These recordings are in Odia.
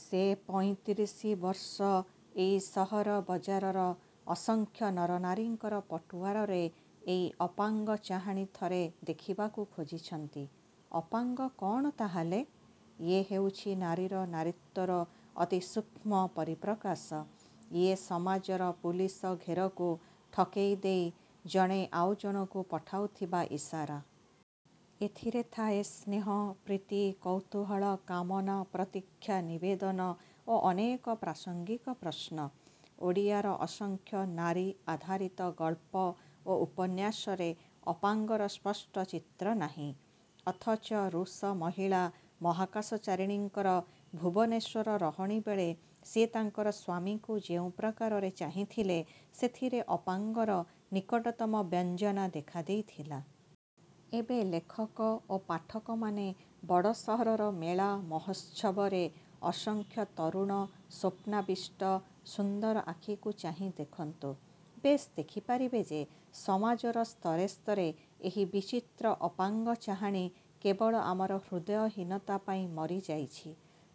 ସେ ପଇଁତିରିଶିବର୍ଷ ଏହି ସହରବଜାରର ଅସଂଖ୍ୟ ନରନାରୀଙ୍କର ପଟୁଆରରେ ଏଇ ଅପାଙ୍ଗ ଚାହାଣୀ ଥରେ ଦେଖିବାକୁ ଖୋଜିଛନ୍ତି। -ଅପାଙ୍ଗ କ'ଣ ତାହାହେଲେ? -ଇଏ ହେଉଛି ନାରୀର ନାରୀତ୍ୱର ଅତି ସୂକ୍ଷ୍ମ ପରିପ୍ରକାଶ। ଇଏ ସମାଜର ପୁଲିସ ଘେରକୁ ଠକେଇ ଦେଇ ଜଣେ ଆଉ ଜଣକୁ ପଠାଉଥିବା ଇସାରା। ଏଥିରେ ଥାଏ ସ୍ନେହ, ପ୍ରୀତି, କୌତୂହଳ, କାମନା, ପ୍ରତୀକ୍ଷା, ନିବେଦନ ଓ ଅନେକ ପ୍ରାସଙ୍ଗିକ ପ୍ରଶ୍ନ। ଓଡ଼ିଆର ଅସଂଖ୍ୟ ନାରୀ-ଆଧାରିତ ଗଳ୍ପ ଓ ଉପନ୍ୟାସରେ ଅପାଙ୍ଗର ସ୍ପଷ୍ଟ ଚିତ୍ର ନାହିଁ-। ଅଥଚ ରୁଷ ମହିଳା ମହାକାଶଚାରିଣୀଙ୍କର ଭୁବନେଶ୍ୱର ରହଣୀବେଳେ ସେ ତାଙ୍କର ସ୍ୱାମୀଙ୍କୁ ଯେଉଁ ପ୍ରକାରରେ ଚାହିଁଥିଲେ ସେଥିରେ ଅପାଙ୍ଗର ନିକଟତମ ବ୍ୟଞ୍ଜନା ଦେଖା ଦେଇଥିଲା-। ଏବେ ଲେଖକ ଓ ପାଠକମାନେ ବଡ଼ ସହରର ମେଳା ମହୋତ୍ସବରେ ଅସଂଖ୍ୟ ତରୁଣ, ସ୍ୱପ୍ନାବିଷ୍ଟ, ସୁନ୍ଦର ଆଖିକୁ ଚାହିଁ ଦେଖନ୍ତୁ। ବେଶ୍ ଦେଖି ପାରିବେ ଯେ ସମାଜର ସ୍ତରେସ୍ତରେ ଏହି ବିଚିତ୍ର ଅପାଙ୍ଗ ଚାହାଣୀ କେବଳ ଆମର ହୃଦୟହୀନତା ପାଇଁ ମରି ଯାଇଛି।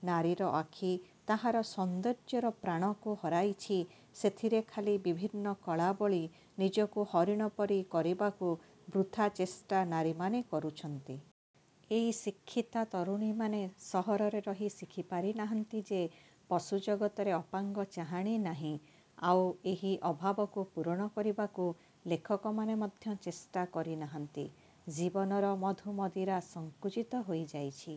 ନାରୀର ଆଖି ତାହାର ସୌନ୍ଦର୍ଯ୍ୟର ପ୍ରାଣକୁ ହରାଇଛି ସେଥିରେ ଖାଲି ବିଭିନ୍ନ କଳା ବୋଳି ନିଜକୁ ହରିଣ ପରି କରିବାକୁ ବୃଥା ଚେଷ୍ଟା ନାରୀମାନେ କରୁଛନ୍ତି। ଏହି ଶିକ୍ଷିତା ତରୁଣୀମାନେ ସହରରେ ରହି ଶିଖିପାରି ନାହାନ୍ତି ଯେ ପଶୁଜଗତରେ ଅପାଙ୍ଗ ଚାହାଣୀ ନାହିଁ, ଆଉ ଏହି ଅଭାବକୁ ପୂରଣ କରିବାକୁ ଲେଖକମାନେ ମଧ୍ୟ ଚେଷ୍ଟା କରି ନାହାନ୍ତି। ଜୀବନର ମଧୁମଦିରା ସଂକୁଚିତ ହୋଇ ଯାଇଛି।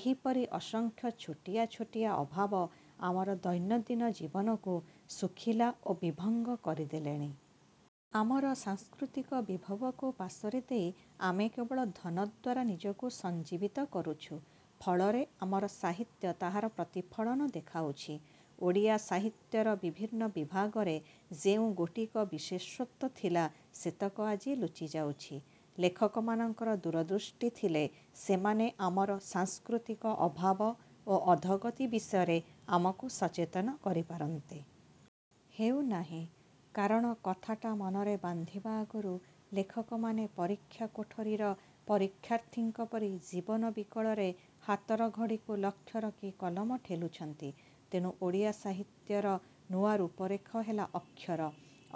ଏହିପରି ଅସଂଖ୍ୟ ଛୋଟିଆ ଛୋଟିଆ ଅଭାବ ଆମର ଦୈନନ୍ଦିନ ଜୀବନକୁ ଶୁଖିଲା ଓ ବିଭଙ୍ଗ କରିଦେଲଣି। ଆମର ସାଂସ୍କୃତିକ ବିଭବକୁ ପାଶୋରି ଦେଇ ଆମେ କେବଳ ଧନଦ୍ୱାରା ନିଜକୁ ସଞ୍ଜୀବିତ କରୁଛୁ। ଫଳରେ ଆମର ସାହିତ୍ୟ ତାହାର ପ୍ରତିଫଳନ ଦେଖାଉଛି। ଓଡ଼ିଆ ସାହିତ୍ୟର ବିଭିନ୍ନ ବିଭାଗରେ ଯେଉଁ ଗୋଟିକ ବିଶେଷତ୍ୱ ଥିଲା ସେତକ ଆଜି ଲୁଚିଯାଉଛି। ଲେଖକମାନଙ୍କର ଦୂରଦୃଷ୍ଟି ଥିଲେ ସେମାନେ ଆମର ସାଂସ୍କୃତିକ ଅଭାବ ଓ ଅଧୋଗତି ବିଷୟରେ ଆମକୁ ସଚେତନ କରିପାରନ୍ତେ। ହେଉ ନାହିଁ। କାରଣ କଥାଟା ମନରେ ବାନ୍ଧିବା ଆଗରୁ ଲେଖକମାନେ ପରୀକ୍ଷା କୋଠରୀର ପରୀକ୍ଷାର୍ଥୀଙ୍କ ପରି ଜୀବନ ବିକଳରେ ହାତର ଘଡ଼ିକୁ ଲକ୍ଷ୍ୟ ରଖି କଲମ ଠେଲୁଛନ୍ତି। ତେଣୁ ଓଡ଼ିଆ ସାହିତ୍ୟର ନୂଆ ରୂପରେଖ ହେଲା ଅକ୍ଷର।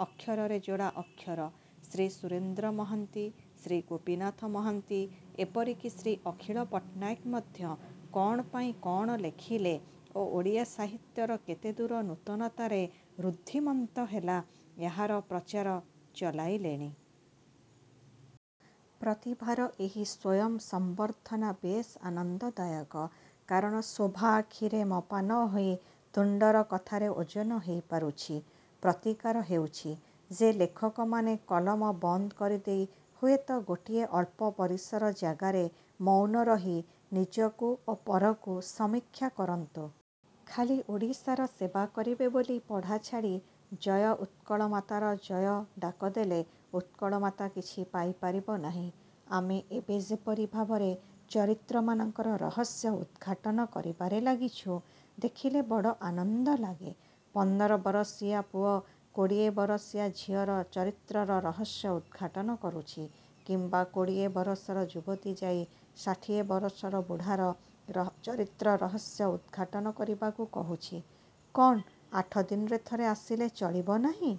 ଅକ୍ଷରରେ ଯୋଡ଼ା ଅକ୍ଷର। ଶ୍ରୀ ସୁରେନ୍ଦ୍ର ମହାନ୍ତି, ଶ୍ରୀ ଗୋପୀନାଥ ମହାନ୍ତି ଏପରି କି ଶ୍ରୀ ଅଖିଳ ପଟ୍ଟନାୟକ ମଧ୍ୟ କ'ଣ ପାଇଁ କ'ଣ ଲେଖିଲେ ଓ ଓଡ଼ିଆ ସାହିତ୍ୟ କେତେଦୂର ନୂତନତାରେ ରୁଦ୍ଧିମନ୍ତ ହେଲା-ଏହାର ପ୍ରଚାର ଚଳାଇଲେଣି। ପ୍ରତିଭାର ଏହି ସ୍ୱୟଂସମ୍ୱର୍ଦ୍ଧନା ବେଶ୍ ଆନନ୍ଦଦାୟକ। କାରଣ ଶୋଭା ଆଖିରେ ମପା ନ ହୋଇ ତୁଣ୍ତର କଥାରେ ଓଜନ ହେଇପାରୁଛି। ପ୍ରତିକାର ହେଉଛି। ଯେ ଲେଖକମାନେ କଲମ ବନ୍ଦ କରିଦେଇ ହୁଏତ ଗୋଟିଏ ଅଳ୍ପ ପରିସର ଜାଗାରେ ମୌନ ରହି ନିଜକୁ ଓ ପରକୁ ସମୀକ୍ଷା କରନ୍ତୁ। ଖାଲି ଓଡ଼ିଶାର ସେବା କରିବେ ବୋଲି ପଢ଼ା ଛାଡ଼ି ଜୟ ଉତ୍କଳମାତାର ଜୟ-ଡାକ ଦେଲେ ଉତ୍କଳମାତା କିଛି ପାଇ ପାରିବ ନାହିଁ। ଆମେ ଏବେ ଯେପରି ଭାବରେ ଚରିତ୍ର ମାନଙ୍କର ରହସ୍ୟ ଉଦ୍ଘାଟନ କରିବାରେ ଲାଗିଛୁ ଦେଖିଲେ ବଡ଼ ଆନନ୍ଦ ଲାଗେ। ପନ୍ଦର ବରଷିଆ ପୁଅ କୋଡ଼ିଏ ବରଷିଆ ଝିଅର ଚରିତ୍ରର ରହସ୍ୟ ଉଦ୍ଘାଟନ କରୁଛି କିମ୍ୱା କୋଡ଼ିଏ ବରଷର ଯୁବତୀ ଯାଇ ଷାଠିଏ ବରଷର ବୁଢ଼ାର ଚରିତ୍ର-ରହସ୍ୟ ଉଦ୍ଘାଟନ କରିବାକୁ କହୁଛି-କ'ଣ, ଆଠଦିନରେ ଥରେ ଆସିଲେ ଚଳିବ ନାହିଁ?